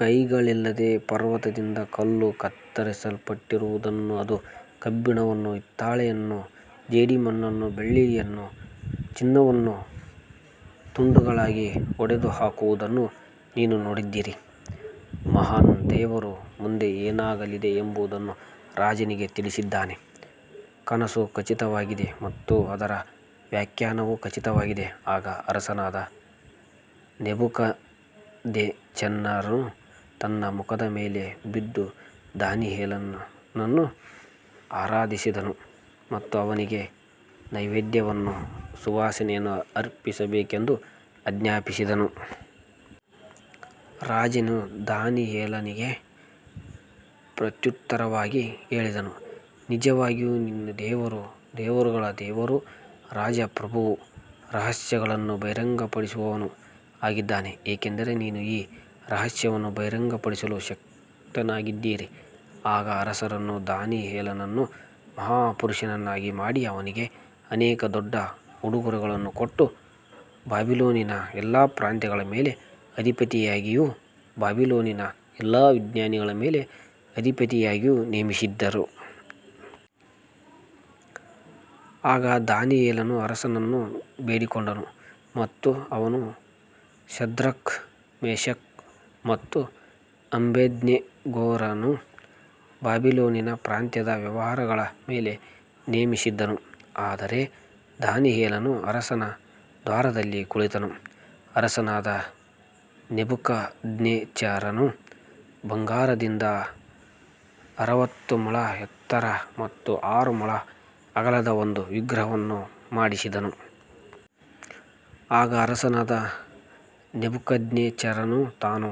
ಕೈಗಳಿಲ್ಲದೆ ಪರ್ವತದಿಂದ ಕಲ್ಲು ಕತ್ತರಿಸಲ್ಪಟ್ಟಿರುವುದನ್ನೂ ಅದು ಕಬ್ಬಿಣವನ್ನೂ ಹಿತ್ತಾಳೆಯನ್ನೂ ಜೇಡಿಮಣ್ಣನ್ನೂ ಬೆಳ್ಳಿಯನ್ನೂ ಚಿನ್ನವನ್ನೂ ತುಂಡುಗಳಾಗಿ ಒಡೆದುಹಾಕುವುದನ್ನೂ ನೀನು ನೋಡಿದ್ದೀ. ಮಹಾನ್ ದೇವರು ಮುಂದೆ ಏನಾಗಲಿದೆ ಎಂಬುದನ್ನು ರಾಜನಿಗೆ ತಿಳಿಸಿದ್ದಾನೆ. ಕನಸು ಖಚಿತವಾಗಿದೆ ಮತ್ತು ಅದರ ವ್ಯಾಖ್ಯಾನವೂ ಖಚಿತವಾಗಿದೆ. ಆಗ ಅರಸನಾದ ನೆಬೂಕದ್ನೆಚ್ಚರನು ತನ್ನ ಮುಖದ ಮೇಲೆ ಬಿದ್ದು ದಾನಿಯೇಲನನ್ನು ಆರಾಧಿಸಿದನು ಮತ್ತು ಅವನಿಗೆ ನೈವೇದ್ಯವನ್ನೂ ಸುವಾಸನೆಯನ್ನೂ ಅರ್ಪಿಸಬೇಕೆಂದು ಆಜ್ಞಾಪಿಸಿದನು. ರಾಜನು ದಾನಿಯೇಲನಿಗೆ ಪ್ರತ್ಯುತ್ತರವಾಗಿ ಹೇಳಿದನು, ನಿಜವಾಗಿಯೂ ನಿಮ್ಮ ದೇವರು ದೇವರುಗಳ ದೇವರೂ ರಾಜರ ಪ್ರಭುವೂ ರಹಸ್ಯಗಳನ್ನು ಬಹಿರಂಗಪಡಿಸುವವನೂ ಆಗಿದ್ದಾನೆ, ಏಕೆಂದರೆ ನೀನು ಈ ರಹಸ್ಯವನ್ನು ಬಹಿರಂಗಪಡಿಸಲು ಶಕ್ತನಾಗಿದ್ದೀ. ಆಗ ಅರಸನು ದಾನಿಯೇಲನನ್ನು ಮಹಾಪುರುಷನನ್ನಾಗಿ ಮಾಡಿ ಅವನಿಗೆ ಅನೇಕ ದೊಡ್ಡ ಉಡುಗೊರೆಗಳನ್ನು ಕೊಟ್ಟು ಬಾಬಿಲೋನಿನ ಎಲ್ಲಾ ಪ್ರಾಂತ್ಯಗಳ ಮೇಲೆ ಅಧಿಪತಿಯಾಗಿಯೂ ಬಾಬಿಲೋನಿನ ಎಲ್ಲಾ ಜ್ಞಾನಿಗಳ ಮೇಲೆ ಅಧಿಪತಿಯಾಗಿಯೂ ನೇಮಿಸಿದನು. ಆಗ ದಾನಿಯೇಲನು ಅರಸನನ್ನು ಬೇಡಿಕೊಂಡನು ಮತ್ತು ಅವನು ಶದ್ರಕ್, ಮೇಷಕ್ ಮತ್ತು ಅಬೇದ್ನೆಗೋರನ್ನು ಬಾಬಿಲೋನಿನ ಪ್ರಾಂತ್ಯದ ವ್ಯವಹಾರಗಳ ಮೇಲೆ ನೇಮಿಸಿದನು. ಆದರೆ ದಾನಿಯೇಲನು ಅರಸನ ದ್ವಾರದಲ್ಲಿ ಕುಳಿತನು. ಅರಸನಾದ ನೆಬೂಕದ್ನೆಚ್ಚರನು ಬಂಗಾರದಿಂದ ಅರವತ್ತು ಮೊಳ ಎತ್ತರ ಮತ್ತು ಆರು ಮೊಳ ಅಗಲದ ಒಂದು ವಿಗ್ರಹವನ್ನು ಮಾಡಿಸಿದನು. ಆಗ ಅರಸನಾದ ನೆಬೂಕದ್ನೆಚ್ಚರನು ತಾನು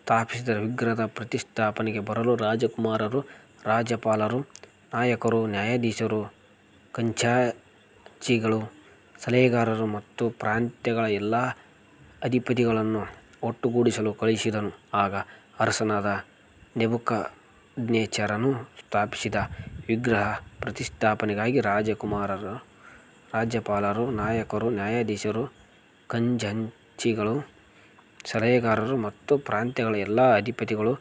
ಸ್ಥಾಪಿಸಿದ ವಿಗ್ರಹದ ಪ್ರತಿಷ್ಠಾಪನೆಗೆ ಬರಲು ರಾಜಕುಮಾರರು, ರಾಜ್ಯಪಾಲರು, ನಾಯಕರು, ನ್ಯಾಯಾಧೀಶರು, ಖಜಾಂಚಿಗಳು, ಸಲಹೆಗಾರರು ಮತ್ತು ಪ್ರಾಂತ್ಯಗಳ ಎಲ್ಲಾ ಅಧಿಪತಿಗಳನ್ನು ಒಟ್ಟುಗೂಡಿಸಲು ಕಳುಹಿಸಿದನು. ಆಗ ಅರಸನಾದ ನೆಬೂಕದ್ನೆಚ್ಚರನು ಸ್ಥಾಪಿಸಿದ ವಿಗ್ರಹದ ಪ್ರತಿಷ್ಠಾಪನೆಗಾಗಿ ರಾಜಕುಮಾರರು, ರಾಜ್ಯಪಾಲರು, ನಾಯಕರು, ನ್ಯಾಯಾಧೀಶರು, ಖಜಾಂಚಿಗಳು, ಸಲಹೆಗಾರರು ಮತ್ತು ಪ್ರಾಂತ್ಯಗಳ ಎಲ್ಲಾ ಅಧಿಪತಿಗಳು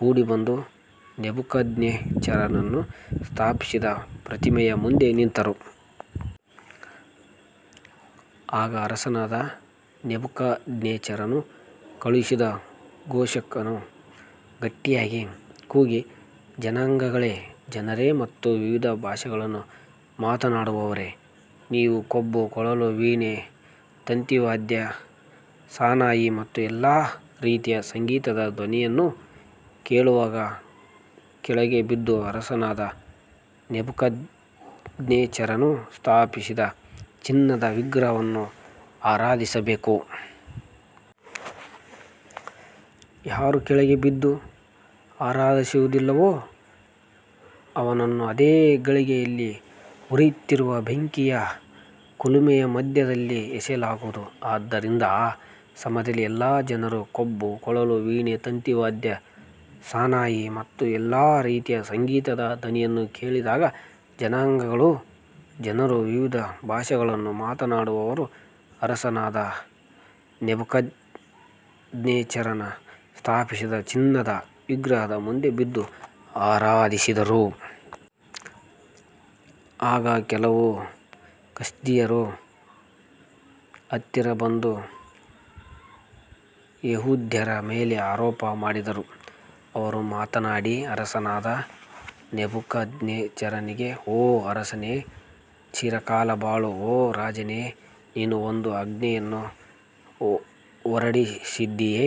ಕೂಡಿಬಂದು ನೆಬೂಕದ್ನೆಚ್ಚರನು ಸ್ಥಾಪಿಸಿದ ಪ್ರತಿಮೆಯ ಮುಂದೆ ನಿಂತರು. ಆಗ ಅರಸನಾದ ನೆಬೂಕದ್ನೆಚ್ಚರನು ಕಳುಹಿಸಿದ ಘೋಷಕನು ಗಟ್ಟಿಯಾಗಿ ಕೂಗಿ, ಜನಾಂಗಗಳೇ, ಜನರೇ ಮತ್ತು ವಿವಿಧ ಭಾಷೆಗಳನ್ನು ಮಾತನಾಡುವವರೇ, ನೀವು ಕೊಂಬು, ಕೊಳಲು, ವೀಣೆ, ತಂತಿವಾದ್ಯ, ಸಾನಾಯಿ ಮತ್ತು ಎಲ್ಲಾ ರೀತಿಯ ಸಂಗೀತದ ಧ್ವನಿಯನ್ನು ಕೇಳುವಾಗ ಕೆಳಗೆ ಬಿದ್ದು ಅರಸನಾದ ನೆಬೂಕದ್ನೆಚ್ಚರನು ಸ್ಥಾಪಿಸಿದ ಚಿನ್ನದ ವಿಗ್ರಹವನ್ನು ಆರಾಧಿಸಬೇಕು. ಯಾರು ಕೆಳಗೆ ಬಿದ್ದು ಆರಾಧಿಸುವುದಿಲ್ಲವೋ ಅವನನ್ನು ಅದೇ ಗಳಿಗೆಯಲ್ಲಿ ಉರಿಯುತ್ತಿರುವ ಬೆಂಕಿಯ ಕುಲುಮೆಯ ಮಧ್ಯದಲ್ಲಿ ಎಸೆಯಲಾಗುವುದು. ಆದ್ದರಿಂದ ಆ ಸಮಯದಲ್ಲಿ ಎಲ್ಲಾ ಜನರು ಕೊಂಬು, ಕೊಳಲು, ವೀಣೆ, ತಂತಿವಾದ್ಯ, ಸಾನಾಯಿ ಮತ್ತು ಎಲ್ಲಾ ರೀತಿಯ ಸಂಗೀತದ ಧ್ವನಿಯನ್ನು ಕೇಳಿದಾಗ ಜನಾಂಗಗಳೂ ಜನರೂ ವಿವಿಧ ಭಾಷೆಗಳನ್ನು ಮಾತನಾಡುವವರೂ ಅರಸನಾದ ನೆಬೂಕದ್ನೆಚ್ಚರನು ಸ್ಥಾಪಿಸಿದ ಚಿನ್ನದ ವಿಗ್ರಹದ ಮುಂದೆ ಬಿದ್ದು ಆರಾಧಿಸಿದರು. ಆಗ ಕೆಲವು ಕಸ್ದೀಯರು ಹತ್ತಿರ ಬಂದು ಯೆಹೂದ್ಯರ ಮೇಲೆ ಆರೋಪ ಮಾಡಿದರು. ಅವರು ಮಾತನಾಡಿ ಅರಸನಾದ ನೆಬೂಕದ್ನೆಚ್ಚರನಿಗೆ, ಓ ಅರಸನೇ, ಚಿರಕಾಲ ಬಾಳು. ಓ ರಾಜನೇ, ನೀನು ಒಂದು ಆಜ್ಞೆಯನ್ನು ಹೊರಡಿಸಿದ್ದೀಯೆ,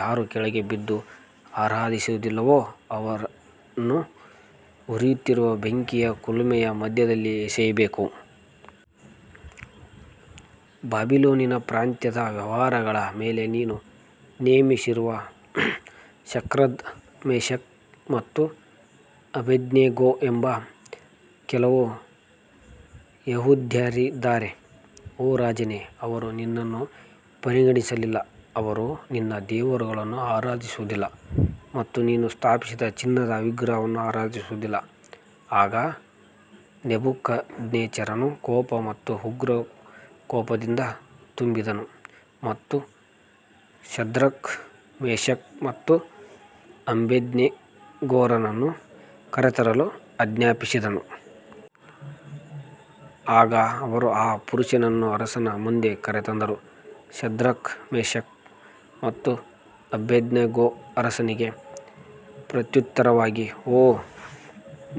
ಯಾರು ಕೆಳಗೆ ಬಿದ್ದು ಆರಾಧಿಸುವುದಿಲ್ಲವೋ ಅವನನ್ನು ಉರಿಯುತ್ತಿರುವ ಬೆಂಕಿಯ ಕುಲುಮೆಯ ಮಧ್ಯದಲ್ಲಿ ಎಸೆಯಬೇಕು. ಬಾಬಿಲೋನಿನ ಪ್ರಾಂತ್ಯದ ವ್ಯವಹಾರಗಳ ಮೇಲೆ ನೀನು ನೇಮಿಸಿರುವ ಶದ್ರಕ್, ಮೇಷಕ್ ಮತ್ತು ಅಬೇದ್ನೆಗೋ ಎಂಬ ಕೆಲವು ಯೆಹೂದ್ಯರಿದ್ದಾರೆ. ಓ ರಾಜನೇ, ಅವರು ನಿನ್ನನ್ನು ಪರಿಗಣಿಸಲಿಲ್ಲ. ಅವರು ನಿನ್ನ ದೇವರುಗಳನ್ನು ಆರಾಧಿಸುವುದಿಲ್ಲ ಮತ್ತು ನೀನು ಸ್ಥಾಪಿಸಿದ ಚಿನ್ನದ ವಿಗ್ರಹವನ್ನು ಆರಾಧಿಸುವುದಿಲ್ಲ. ಆಗ ನೆಬೂಕದ್ನೆಚ್ಚರನು ಕೋಪ ಮತ್ತು ಉಗ್ರಕೋಪದಿಂದ ತುಂಬಿದನು ಮತ್ತು ಶದ್ರಕ್, ಮೇಷಕ್ ಮತ್ತು ಅಬೇದ್ನೆಗೋರನ್ನು ಕರೆತರಲು ಆಜ್ಞಾಪಿಸಿದನು. ಆಗ ಅವರು ಆ ಪುರುಷರನ್ನು ಅರಸನ ಮುಂದೆ ಕರೆತಂದರು. ಶದ್ರಕ್, ಮೇಷಕ್ ಮತ್ತು ಅಬೇದ್ನೆಗೋ ಅರಸನಿಗೆ ಪ್ರತ್ಯುತ್ತರವಾಗಿ, ಓ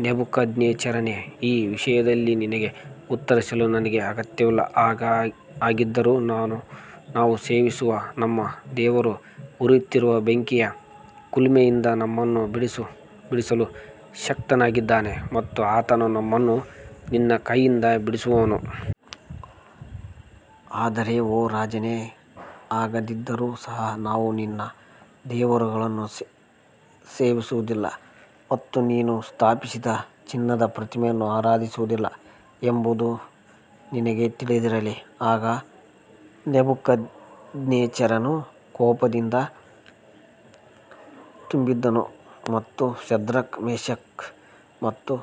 ನೆಬೂಕದ್ನೆಚ್ಚರನೇ, ಈ ವಿಷಯದಲ್ಲಿ ನಿನಗೆ ಉತ್ತರಿಸಲು ನಮಗೆ ಅಗತ್ಯವಿಲ್ಲ. ಹಾಗಿದ್ದರೂ ನಾವು ಸೇವಿಸುವ ನಮ್ಮ ದೇವರು ಉರಿಯುತ್ತಿರುವ ಬೆಂಕಿಯ ಕುಲುಮೆಯಿಂದ ನಮ್ಮನ್ನು ಬಿಡಿಸಲು ಶಕ್ತನಾಗಿದ್ದಾನೆ ಮತ್ತು ಆತನು ನಮ್ಮನ್ನು ನಿನ್ನ ಕೈಯಿಂದ ಬಿಡಿಸುವನು. ಆದರೆ ಓ ರಾಜನೇ, ಹಾಗಾಗದಿದ್ದರೂ ಸಹ ನಾವು ನಿನ್ನ ದೇವರುಗಳನ್ನು ಸೇವಿಸುವುದಿಲ್ಲ ಮತ್ತು ನೀನು ಸ್ಥಾಪಿಸಿದ ಚಿನ್ನದ ಪ್ರತಿಮೆಯನ್ನು ಆರಾಧಿಸುವುದಿಲ್ಲ ಎಂಬುದು ನಿನಗೆ ತಿಳಿದಿರಲಿ. ಆಗ ನೆಬೂಕದ್ನೆಚ್ಚರನು ಕೋಪದಿಂದ ತುಂಬಿದನು ಮತ್ತು ಶದ್ರಕ್, ಮೇಷಕ್ ಮತ್ತು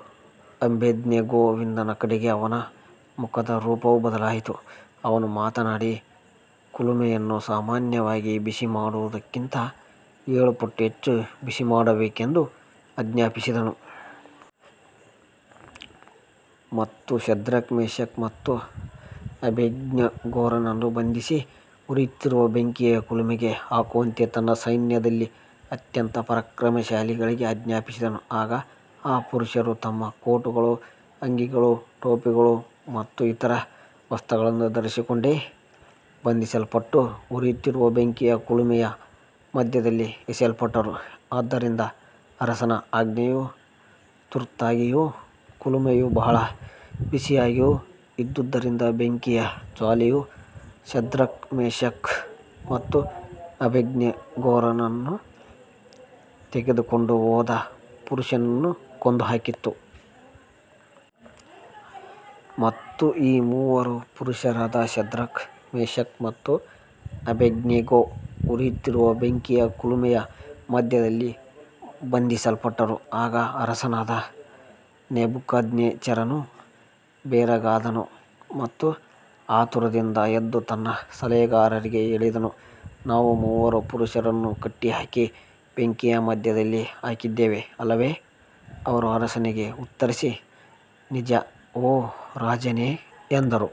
ಅಬೇದ್ನೆಗೋವಿನ ಕಡೆಗೆ ಅವನ ಮುಖದ ರೂಪವು ಬದಲಾಯಿತು. ಅವನು ಮಾತನಾಡಿ, ಕುಲುಮೆಯನ್ನು ಸಾಮಾನ್ಯವಾಗಿ ಬಿಸಿಮಾಡುವುದಕ್ಕಿಂತ ಏಳು ಪಟ್ಟು ಹೆಚ್ಚು ಬಿಸಿಮಾಡಬೇಕೆಂದು ಆಜ್ಞಾಪಿಸಿದನು. ಮತ್ತು ಶದ್ರಕ್, ಮೇಷಕ್ ಮತ್ತು ಅಬೇದ್ನೆಗೋರನ್ನು ಬಂಧಿಸಿ ಉರಿಯುತ್ತಿರುವ ಬೆಂಕಿಯ ಕುಲುಮೆಗೆ ಹಾಕುವಂತೆ ತನ್ನ ಸೈನ್ಯದಲ್ಲಿದ್ದ ಅತ್ಯಂತ ಪರಾಕ್ರಮಶಾಲಿಗಳಿಗೆ ಆಜ್ಞಾಪಿಸಿದನು. ಆಗ ಆ ಪುರುಷರು ತಮ್ಮ ಕೋಟುಗಳು, ಅಂಗಿಗಳು, ಟೋಪಿಗಳು ಮತ್ತು ಇತರ ವಸ್ತ್ರಗಳನ್ನು ಧರಿಸಿಕೊಂಡೇ ಬಂಧಿಸಲ್ಪಟ್ಟು ಉರಿಯುತ್ತಿರುವ ಬೆಂಕಿಯ ಕುಲುಮೆಯ ಮಧ್ಯದಲ್ಲಿ ಎಸೆಯಲ್ಪಟ್ಟರು. ಆದ್ದರಿಂದ ಅರಸನ ಆಜ್ಞೆಯು ತುರ್ತಾಗಿಯೂ ಕುಲುಮೆಯು ಬಹಳ ಬಿಸಿಯಾಗಿಯೂ ಇದ್ದುದರಿಂದ ಬೆಂಕಿಯ ಜ್ವಾಲೆಯು ಶದ್ರಕ್, ಮೇಷಕ್ ಮತ್ತು ಅಬೇದ್ನೆಗೋರನ್ನು ತೆಗೆದುಕೊಂಡು ಹೋದ ಪುರುಷರನ್ನು ಕೊಂದುಹಾಕಿತು. ಮತ್ತು ಈ ಮೂವರು ಪುರುಷರಾದ ಶದ್ರಕ್, ಮೇಷಕ್ ಮತ್ತು ಅಬೇದ್ನೆಗೋ ಉರಿಯುತ್ತಿರುವ ಬೆಂಕಿಯ ಕುಲುಮೆಯ ಮಧ್ಯದಲ್ಲಿ ಬಂಧಿಸಲ್ಪಟ್ಟರು. ಆಗ ಅರಸನಾದ ನೆಬೂಕದ್ನೆಚ್ಚರನು ಬೆರಗಾದನು ಮತ್ತು ಆತುರದಿಂದ ಎದ್ದು ತನ್ನ ಸಲಹೆಗಾರರಿಗೆ ಹೇಳಿದನು, ನಾವು ಮೂವರು ಪುರುಷರನ್ನು ಕಟ್ಟಿಹಾಕಿ ಬೆಂಕಿಯ ಮಧ್ಯದಲ್ಲಿ ಹಾಕಿದ್ದೇವೆ ಅಲ್ಲವೇ. ಅವರು ಅರಸನಿಗೆ ಉತ್ತರಿಸಿ, ನಿಜ, ಓ ರಾಜನೇ, ಎಂದರು.